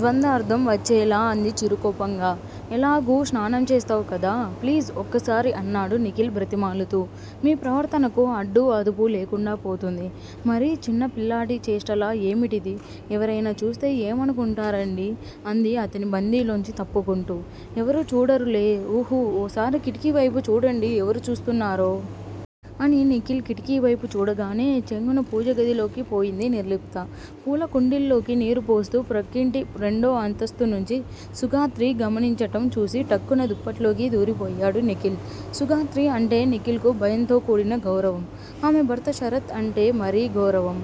ద్వందార్ధం వచ్చేలా అంది చిరుకోపంగా. ఎలాగూ స్నానం చేస్తావ్ కదా! ప్లీజ్ ఒక్కసారి అన్నాడు నిఖిల్ బ్రతిమాలుతూ. మీ ప్రవర్తనకు అడ్డూ అదుపూ లేకుండాపోతుంది. మరీ చిన్న పిల్లాడి చేష్టలా ఏమిటిది? ఎవరైనాచూస్తే ఏమనుకుంటారండీ అంది అతని బందీలోంచి తప్పుకుంటూ. ఎవరూ చూడరులే. ఊహూ ఓసారి కిటికీ వైపు చూడండి ఎవరు చూస్తున్నారో? అని నిఖిల్ కిటికీ వైపు చూడగానే చెంగున పూజగదిలోకి పోయింది నిర్లిప్త. పూల కుండీల్లోకి నీరు పోస్తూ ప్రక్కింటి రెండో అంతస్తు నుంచి సుగాత్రి గమనించటం చూసి ఠక్కున దుప్పట్లోకి దూరిపోయాడు నిఖిల్. సుగాత్రి అంటే నిఖిల్ కు భయంతో కూడిన గౌరవం. ఆమె భర్త శరత్ అంటే మరీ గౌరవం.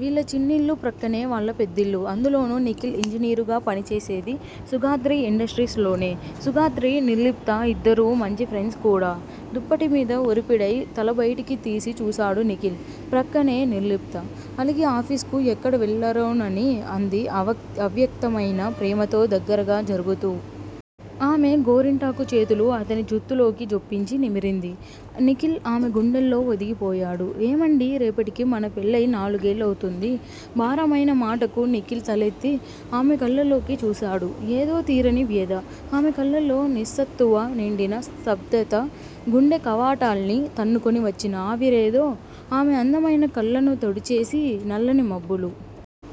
వీళ్ళ చిన్నిల్లు ప్రక్కనే వాళ్ళ పెద్దిల్లు! అందులోనూ నిఖిల్ ఇంజనీరుగా పనిచేసేది సుగాత్రి ఇండస్ట్రీస్ లోనే. సుగాత్రి, నిర్లిప్తా ఇద్దరూ మంచి ఫ్రెండ్స్ కూడా! దుప్పటిమీద ఒరిపిడై తలబయటికి తీసి చూసాడు నిఖిల్. ప్రక్కనే నిర్లిప్త! అలిగి ఆఫీస్ కు ఎక్కడ వెళ్ళరోనని అంది అవ్యక్తమయిన ప్రేమతో దగ్గరగా జరుగుతూ. ఆమె గోరింటాకు చేతులు అతని జుత్తులోకి జొప్పించి నిమిరింది. నిఖిల్ ఆమె గుండెల్లో ఒదిగిపోయాడు. ఏమండీ రేపటికి మన పెళ్ళయి నాలుగేళ్ళవుతుంది భారమైన మాటకు నిఖిల్ తలెత్తి ఆమె కళ్ళలోకి చూసాడు ఏదో తీరని వ్యధ? ఆమె కళ్ళలో నిస్సత్తువ నిండిన స్థబ్దత గుండె కవాటాల్ని తన్నుకొని వచ్చిన ఆవిరేదో ఆమె అందమైన కళ్ళను తుడిచేసి నల్లని మబ్బులు!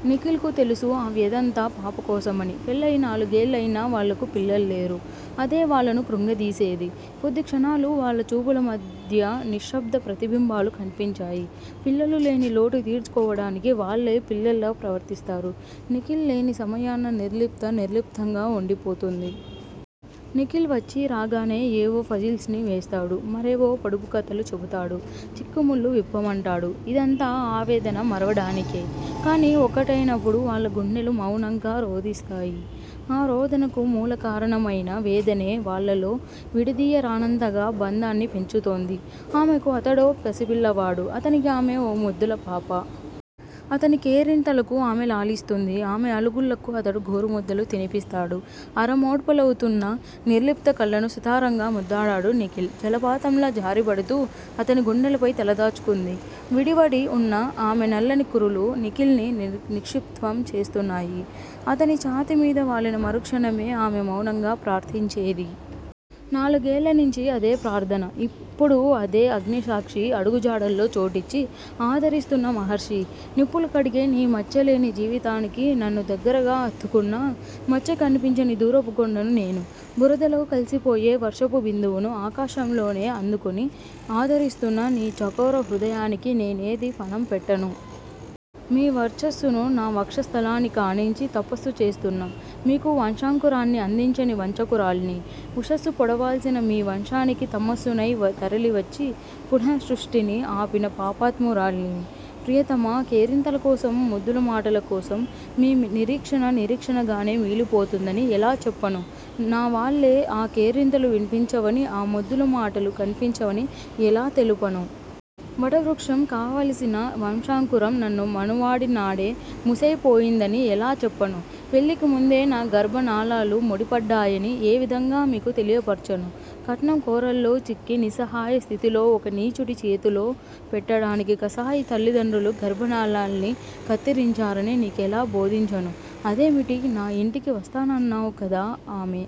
నిఖిల్ కు తెలుసు ఆ వ్యదంతా పాపకోసమని. పెళ్ళయి నాలుగేళ్ళయినా వాళ్ళకు పిల్లల్లేరు. అదే వాళ్ళను కృంగదీసేది. కొద్ది క్షణాలు వాళ్ళ చూపుల మధ్య నిశ్శబ్ద ప్రతిబింబాలు కన్పించాయి. పిల్లలు లేని లోటు తీర్చుకోవడానికి వాల్లే పిల్లల్లా ప్రవర్తిస్తారు. నిఖిల్ లేని సమయాన నిర్లిప్త నిర్లిప్తంగా వుండిపోతుంది. నిఖిల్ వచ్చీ రాగానే ఏవో ఫజిల్స్ ని వేస్తాడు. మరేవో పొడుపు కథలు చెపుతాడు చిక్కుముళ్ళు విప్పమంటాడు. ఇదంతా ఆవేదన మరవడానికే! కాని ఒక్కటయినపుడు వాళ్ళ గుండెలు మవునంగా రోదిస్తాయి. ఆ రోదనకు మూలకారణమైన వేదనే వాళ్ళలో విడదీయరానంతగా బంధాన్ని పెంచుతోంది. ఆమెకు అతడో పసిపిల్లవాడు అతనికి ఆమె ఓ ముద్దుల పాప. అతని కేరింతలకు ఆమె లాలిస్తుంది. ఆమె అలుగుల్లకు అతడు గోరుముద్దలు తినిపిస్తాడు. అరమోడ్పులవుతున్న నిర్లిప్త కళ్ళను సుతారంగా ముద్దాడాడు నిఖిల్. జలపాతంలా జారిపడుతూ అతని గుండెలపై తలదాచుకుంది. విడివడి వున్న ఆమె నల్లని కురులు నిఖిల్ ని నిక్షిప్తం చేస్తున్నాయి. అతని ఛాతి మీద వాలిన మరుక్షణమే ఆమె మౌనంగా ప్రార్ధించేది. నాలుగేళ్ళనించి అదే ప్రార్ధన! ఇప్పుడూ అదే అగ్నిసాక్షి అడుగుజాడల్లో చోటిచ్చి ఆదరిస్తున్న మహర్షీ! నిప్పులు కడిగే నీ మచ్చలేని జీవితానికి నన్ను దగ్గరగా హత్తుకున్నా మచ్చ కనిపించని దూరపు కొండను నేను! బురదలో కల్సిపోయే వర్షపు బిందువును ఆకాశంలోనే అందుకొని ఆదరిస్తున్న నీ చకోర హృదయానికి నేనేది ఫణం పెట్టను? మీ వర్చస్సును నా వక్షస్థలానికానించి తపస్సు చేస్తున్న మీకు వంశాంకురాన్ని అందించని వంచకురాల్ని! ఉషస్సు పొడవాల్సిన మీ వంశానికి తమస్సునై తరలివచ్చి పునఃసృష్టిని ఆపిన పాపాత్మురాలిని! ప్రియతమా! కేరింతలకోసం ముద్దుల మాటల కోసం, మీ నిరీక్షణ నిరీక్షణగానే మిగిలిపోతుందని ఎలా చెప్పను? నా వాళ్ళే ఆ కేరింతలు విన్పించవని ఆ ముద్దుల మాటలు కన్పించవని ఎలా తెలుపను? వట వృక్షం కావాల్సిన వంశాంకురం నన్ను మనువాడిన్నాడే ముసైపోయిందని ఎలా చెప్పను? పెళ్ళికి ముందే నా గర్భనాళాలు ముడిపడ్డాయని ఏవిధంగా మీకు తెలియపర్చను? కట్నం కోరల్లో చిక్కి నిస్సహాయ స్థితిలో ఒక నీచుడి చేతిలో పెట్టడానికి కసాయి తల్లిదండ్రులు గర్భనాళాల్ని కత్తిరించారని నీకెలా బోధించను? అదేమిటి? నా యింటికి వస్తానన్నావు కదా! ఆమె